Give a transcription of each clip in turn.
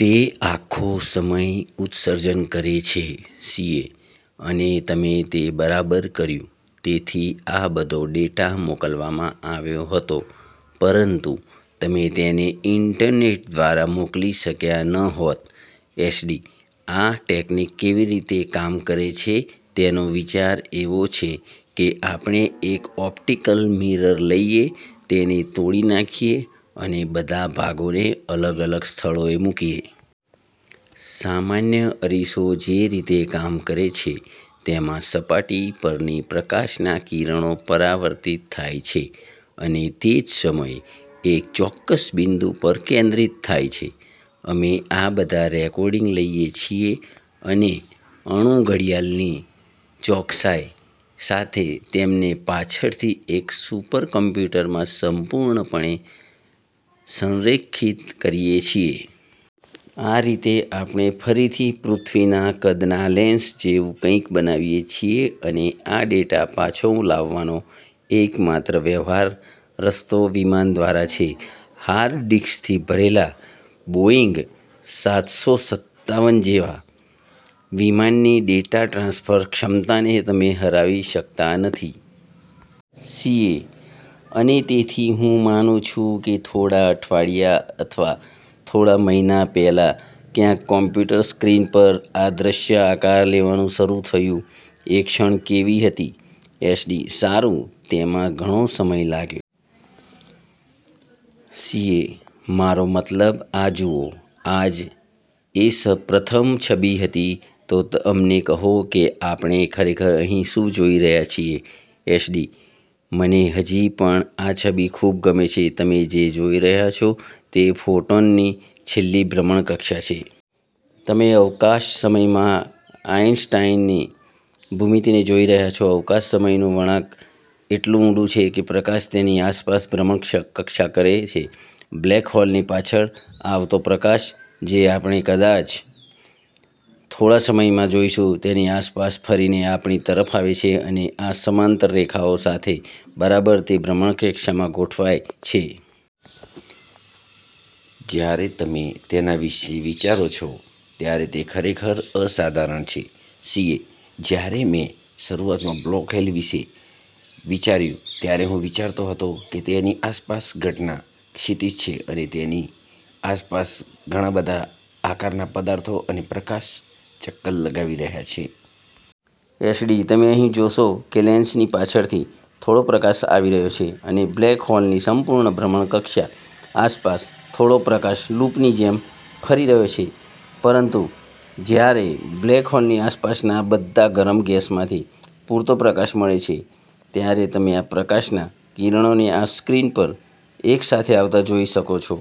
તે આખો સમય ઉત્સર્જન કરે છે. સીએ: અને તમે તે બરાબર કર્યું. તેથી આ બધો ડેટા મોકલવામાં આવ્યો હતો, પરંતુ તમે તેને ઇન્ટરનેટ દ્વારા મોકલી શક્યા ન હોત. એસડી: આ ટેકનિક કેવી રીતે કામ કરે છે તેનો વિચાર એવો છે કે આપણે એક ઓપ્ટિકલ મિરર લઈએ, તેને તોડી નાખીએ અને તેના બધા ભાગોને અલગ-અલગ સ્થળોએ મૂકીએ. સામાન્ય અરીસો જે રીતે કામ કરે છે, તેમાં સપાટી પરથી પ્રકાશના કિરણો પરાવર્તિત થાય છે અને તે જ સમયે એક ચોક્કસ બિંદુ પર કેન્દ્રિત થાય છે. અમે આ બધા રેકોર્ડિંગ્સ લઈએ છીએ અને અણુ ઘડિયાળની ચોકસાઈ સાથે તેમને પાછળથી એક સુપરકમ્પ્યુટરમાં સંપૂર્ણપણે સંરેખિત કરીએ છીએ. આ રીતે આપણે ફરીથી પૃથ્વીના કદના લેન્સ જેવું કંઈક બનાવીએ છીએ. અને આ ડેટા પાછો લાવવાનો એકમાત્ર વ્યવહારુ રસ્તો વિમાન દ્વારા છે. હાર્ડ ડિસ્કથી ભરેલા બોઇંગ સાતસો સત્તાવન જેવા વિમાનની ડેટા ટ્રાન્સફર ક્ષમતાને તમે હરાવી શકતા નથી. સીએ: અને તેથી, હું માનું છું કે થોડા અઠવાડિયા અથવા થોડા મહિના પહેલાં, ક્યાંક એક કમ્પ્યુટર સ્ક્રીન પર આ દૃશ્ય આકાર લેવાનું શરૂ થયું. એ ક્ષણ કેવી હતી? એસડી: સારું, તેમાં ઘણો સમય લાગ્યો. સીએ: મારો મતલબ, આ જુઓ. આ જ એ પ્રથમ છબી હતી. તો અમને કહો કે આપણે ખરેખર અહીં શું જોઈ રહ્યા છીએ. એસડી: મને હજી પણ આ છબી ખૂબ ગમે છે. તમે જે જોઈ રહ્યા છો તે ફોટોનની છેલ્લી ભ્રમણકક્ષા છે. તમે અવકાશ-સમયમાં આઈન્સ્ટાઈનની ભૂમિતિને જોઈ રહ્યા છો. અવકાશ-સમયનું વળાંક એટલું ઊંડું છે કે પ્રકાશ તેની આસપાસ ભ્રમણકક્ષા કરે છે. બ્લેક હોલની પાછળથી આવતો પ્રકાશ, જે આપણે કદાચ થોડા સમયમાં જોઈશું, તેની આસપાસ ફરીને આપણી તરફ આવે છે અને આ સમાંતર રેખાઓ સાથે બરાબર તે ભ્રમણકક્ષામાં ગોઠવાય છે. જ્યારે તમે તેના વિશે વિચારો છો, ત્યારે તે ખરેખર અસાધારણ છે. સીએ: જ્યારે મેં શરૂઆતમાં બ્લેક હોલ વિશે વિચાર્યું, ત્યારે હું વિચારતો હતો કે તેની આસપાસ ઘટના ક્ષિતિજ છે અને તેની આસપાસ ઘણા બધા આકારના પદાર્થો અને પ્રકાશ ચક્કર લગાવી રહ્યા છે. એસડી: તમે અહીં જોશો કે લેન્સની પાછળથી થોડો પ્રકાશ આવી રહ્યો છે અને બ્લેક હોલની સંપૂર્ણ ભ્રમણકક્ષા આસપાસ થોડો પ્રકાશ લૂપની જેમ ફરી રહ્યો છે. પરંતુ જ્યારે બ્લેક હોલની આસપાસના આ બધા ગરમ ગેસમાંથી પૂરતો પ્રકાશ મળે છે, ત્યારે તમે આ તમામ પ્રકાશનાં કિરણોને આ સ્ક્રીન પર એકસાથે આવતા જોઈ શકો છો,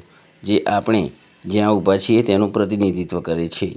જે આપણે જ્યાં ઊભા છીએ તેનું પ્રતિનિધિત્વ કરે છે.